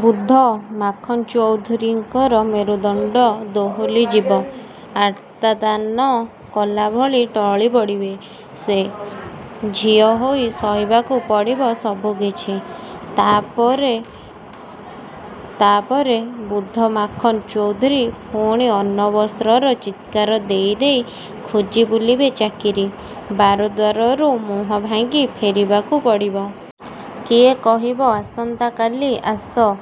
ବୃଦ୍ଧ ମାଖନ ଚୌଧୁରୀଙ୍କର ମେରୁଦଣ୍ଡ ଦୋହଲିଯିବ। ଆର୍ତ୍ତନାଦ କଲାଭଳି ଟଳି ପଡ଼ିବେ ସେ। ଝିଅ ହୋଇ ସହିବାକୁ ପଡ଼ିବ ସବୁକିଛି। ତା' ପରେ, ତା' ପରେ ବୃଦ୍ଧ ମାଖନ ଚୌଧୁରୀ ପୁଣି ଅନ୍ନବସ୍ତ୍ରର ଚିତ୍କାର ଦେଇ ଦେଇ ଖୋଜି ବୁଲିବେ ଚାକିରି। ବାର ଦ୍ୱାରରୁ ମୁହଁ ଭାଙ୍ଗି ଫେରିବାକୁ ପଡ଼ିବ। କିଏ କହିବ, “ଆସନ୍ତାକାଲି ଆସ,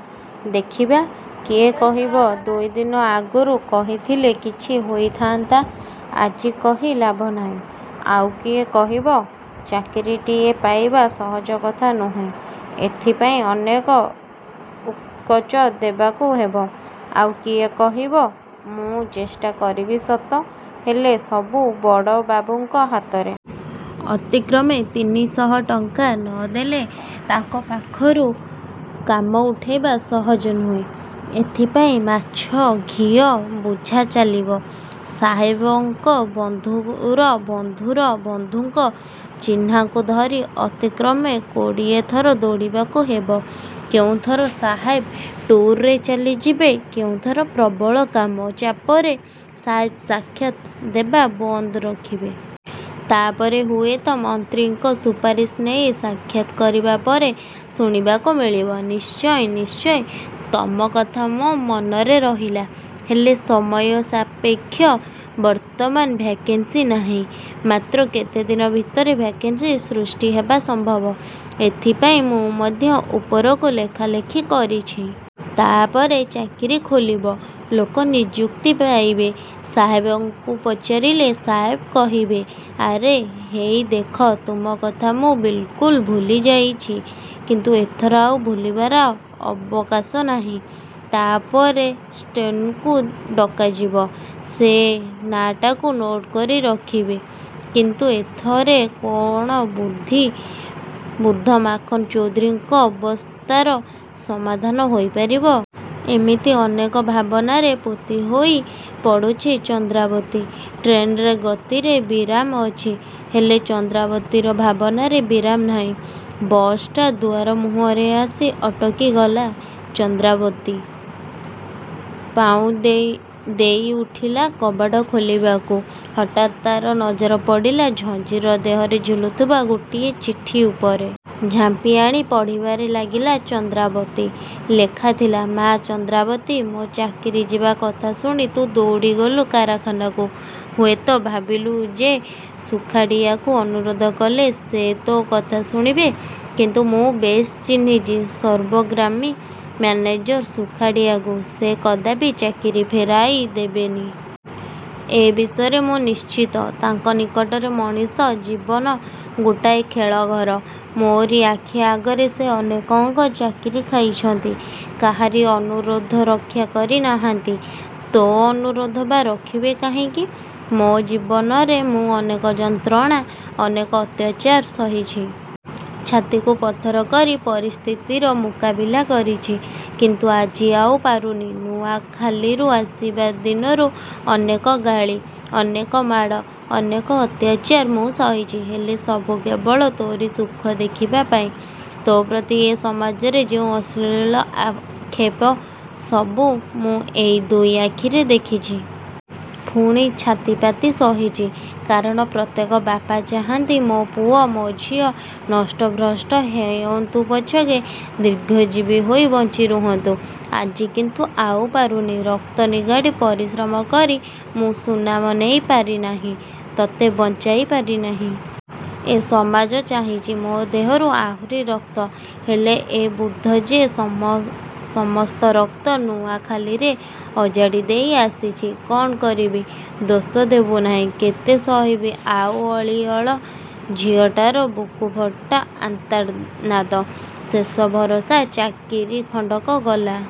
ଦେଖିବା।” କିଏ କହିବ, “ଦୁଇ ଦିନ ଆଗରୁ କହିଥିଲେ କିଛି ହୋଇଥାନ୍ତା, ଆଜି କହି ଲାଭ ନାହିଁ।” ଆଉ କିଏ କହିବ, “ଚାକିରିଟିଏ ପାଇବା ସହଜ କଥା ନୁହେଁ। ଏଥିପାଇଁ ଅନେକ ଉତ୍କୋଚ ଦେବାକୁ ହେବ।”ଆଉ କିଏ କହିବ, “ମୁଁ ଚେଷ୍ଟା କରିବି ସତ, ହେଲେ ସବୁ ବଡ଼ବାବୁଙ୍କ ହାତରେ। ଅତି କମ୍ରେ ତିନି ଶହ ଟଙ୍କା ନ ଦେଲେ ତାଙ୍କ ପାଖରୁ କାମ ଉଠାଇବା ସହଜ ନୁହେଁ। ଏଥିପାଇଁ ମାଛ ଘିଅ ବୁଝା ଚାଲିବ। ସାହେବଙ୍କ ବନ୍ଧୁର ବନ୍ଧୁର ବନ୍ଧୁଙ୍କ ଚିହ୍ନାଙ୍କୁ ଧରି ଅତି କମ୍ରେ କୋଡ଼ିଏ ଥର ଦୌଡ଼ିବାକୁ ହେବ।”କେଉଁଥର ସାହେବ ଟୁର୍‌ରେ ଚାଲି ଯାଇଥିବେ, କେଉଁଥର ପ୍ରବଳ କାମ ଚାପରେ ସାହେବ ସାକ୍ଷାତ ଦେବା ବନ୍ଦ ରଖିବେ। ତା'ପରେ ହୁଏତ ମନ୍ତ୍ରୀଙ୍କ ସୁପାରିଶ ନେଇ ସାକ୍ଷାତ କରିବା ପରେ ଶୁଣିବାକୁ ମିଳିବ, “ନିଶ୍ଚୟ, ନିଶ୍ଚୟ, ତୁମ କଥା ମୋ ମନରେ ରହିଲା। ହେଲେ ସମୟ ସାପେକ୍ଷ। ବର୍ତ୍ତମାନ ଭ୍ୟାକେନ୍ସି ନାହିଁ। ମାତ୍ର କେତେଦିନ ଭିତରେ ଭ୍ୟାକେନ୍ସି ସୃଷ୍ଟି ହେବା ସମ୍ଭବ। ଏଥିପାଇଁ ମୁଁ ମଧ୍ୟ ଉପରକୁ ଲେଖାଲେଖି କରିଛି। ତା'ପରେ ଚାକିରି ଖୋଲିବ। ଲୋକ ନିଯୁକ୍ତି ପାଇବେ।”ସାହେବଙ୍କୁ ପଚାରିଲେ ସାହେବ କହିବେ, “ଆରେ, ହେଇ ଦେଖ, ତୁମ କଥା ମୁଁ ବିଲ୍‌କୁଲ ଭୁଲି ଯାଇଛି। କିନ୍ତୁ ଏଥର ଆଉ ଭୁଲିବାର ଅବକାଶ ନାହିଁ।” ତା'ପରେ ଷ୍ଟେନୋଙ୍କୁ ଡକାଯିବ। ସେ ନାଁଟାକୁ ନୋଟ୍‌ କରି ରଖିବେ। କିନ୍ତୁ ଏଥିରେ କ'ଣ ବୃଦ୍ଧ ମାଖନ ଚୌଧୁରୀଙ୍କ ଅବସ୍ଥାର ସମାଧାନ ହୋଇପାରିବ? ଏମିତି ଅନେକ ଭାବନାରେ ପୋତି ହୋଇ ପଡ଼ୁଛି ଚନ୍ଦ୍ରାବତୀ। ଟ୍ରେନ୍‌ର ଗତିରେ ବିରାମ ଅଛି। ହେଲେ ଚନ୍ଦ୍ରାବତୀର ଭାବନାରେ ବିରାମ ନାହିଁ। ବସ୍‌ଟା ଦୁଆର ମୁହଁରେ ଆସି ଅଟକିଗଲା ଚନ୍ଦ୍ରାବତୀ। ପାଉଁ ଦେଇ ଉଠିଗଲା କବାଟ ଖୋଲିବାକୁ। ହଠାତ୍ ତା'ର ନଜର ପଡ଼ିଲା ଝଞ୍ଜିର ଦେହରେ ଝୁଲୁଥିବା ଗୋଟିଏ ଚିଠି ଉପରେ। ଝାମ୍ପିଆଣି ପଢ଼ିବାରେ ଲାଗିଲା ଚନ୍ଦ୍ରାବତୀ। ଲେଖାଥିଲା, “ମା ଚନ୍ଦ୍ରାବତୀ! ମୋ ଚାକିରି ଯିବା କଥା ଶୁଣି ତୁ ଦୌଡ଼ିଗଲୁ କାରଖାନାକୁ। ହୁଏତ ଭାବିଲୁ ଯେ ସୁଖାଡ଼ିଆଙ୍କୁ ଅନୁରୋଧ କଲେ ସେ ତୋ କଥା ଶୁଣିବେ, କିନ୍ତୁ ମୁଁ ବେଶ୍ ଚିହ୍ନିଛି ସର୍ବଗ୍ରାସୀ ମ୍ୟାନେଜର ସୁଖାଡ଼ିଆଙ୍କୁ। ସେ କଦାପି ଚାକିରି ଫେରାଇ ଦେବେନି। ଏ ବିଷୟରେ ମୁଁ ନିଶ୍ଚିତ। ତାଙ୍କ ନିକଟରେ ମଣିଷ ଜୀବନ ଗୋଟାଏ ଖେଳଘର। ମୋରି ଆଖି ଆଗରେ ସେ ଅନେକଙ୍କ ଚାକିରି ଖାଇଛନ୍ତି। କାହାରି ଅନୁରୋଧ ରକ୍ଷା କରି ନାହାନ୍ତି। ତୋ ଅନୁରୋଧ ବା ରଖିବେ କାହିଁକି?ମୋ ଜୀବନରେ ମୁଁ ଅନେକ ଯନ୍ତ୍ରଣା, ଅନେକ ଅତ୍ୟାଚାର ସହିଛି। ଛାତିକୁ ପଥର କରି ପରିସ୍ଥିତିର ମୁକାବିଲା କରିଛି। କିନ୍ତୁ ଆଜି ଆଉ ପାରୁନି। ନୂଆଖାଲିରୁ ଆସିବା ଦିନରୁ ଅନେକ ଗାଳି, ଅନେକ ମାଡ଼, ଅନେକ ଅତ୍ୟାଚାର ମୁଁ ସହିଛି। ହେଲେ ସବୁ କେବଳ ତୋରି ସୁଖ ଦେଖିବା ପାଇଁ। ତୋ ପ୍ରତି ଏ ସମାଜରେ ଯେଉଁ ଅଶ୍ଳୀଳ ଆକ୍ଷେପ, ସବୁ ମୁଁ ଏଇ ଦୁଇ ଆଖିରେ ଦେଖିଛି। ପୁଣି ଛାତିପାତି ସହିଛି। କାରଣ ପ୍ରତ୍ୟେକ ବାପା ଚାହାନ୍ତି, ମୋ ପୁଅ, ମୋ ଝିଅ ନଷ୍ଟ ଭ୍ରଷ୍ଟ ହେଉନ୍ତୁ ପଛକେ, ଦୀର୍ଘଜୀବୀ ହୋଇ ବଞ୍ଚି ରୁହନ୍ତୁ। ଆଜି କିନ୍ତୁ ଆଉ ପାରୁନି। ରକ୍ତ ନିଗାଡ଼ି ପରିଶ୍ରମ କରି ମୁଁ ସୁନାମ ନେଇ ପାରିନାହିଁ। ତୋତେ ବଞ୍ଚାଇ ପାରିନାହିଁ। ଏ ସମାଜ ଚାହିଁଛି ମୋ ଦେହରୁ ଆହୁରି ରକ୍ତ। ହେଲେ ଏ ବୃଦ୍ଧ ଯେ ସମସ୍ତ ରକ୍ତ ନୂଆଖାଲିରେ ଅଜାଡ଼ି ଦେଇ ଆସିଛି! କ'ଣ କରିବି, ଦୋଷ ଦେବୁନାହିଁ। କେତେ ସହିବି ଆଉ ଅଲିଅଳ ଝିଅଟାର ବୁକୁଫଟା ଆର୍ତ୍ତନାଦ? ଶେଷ ଭରସା ଚାକିରି ଖଣ୍ଡକ ଗଲା।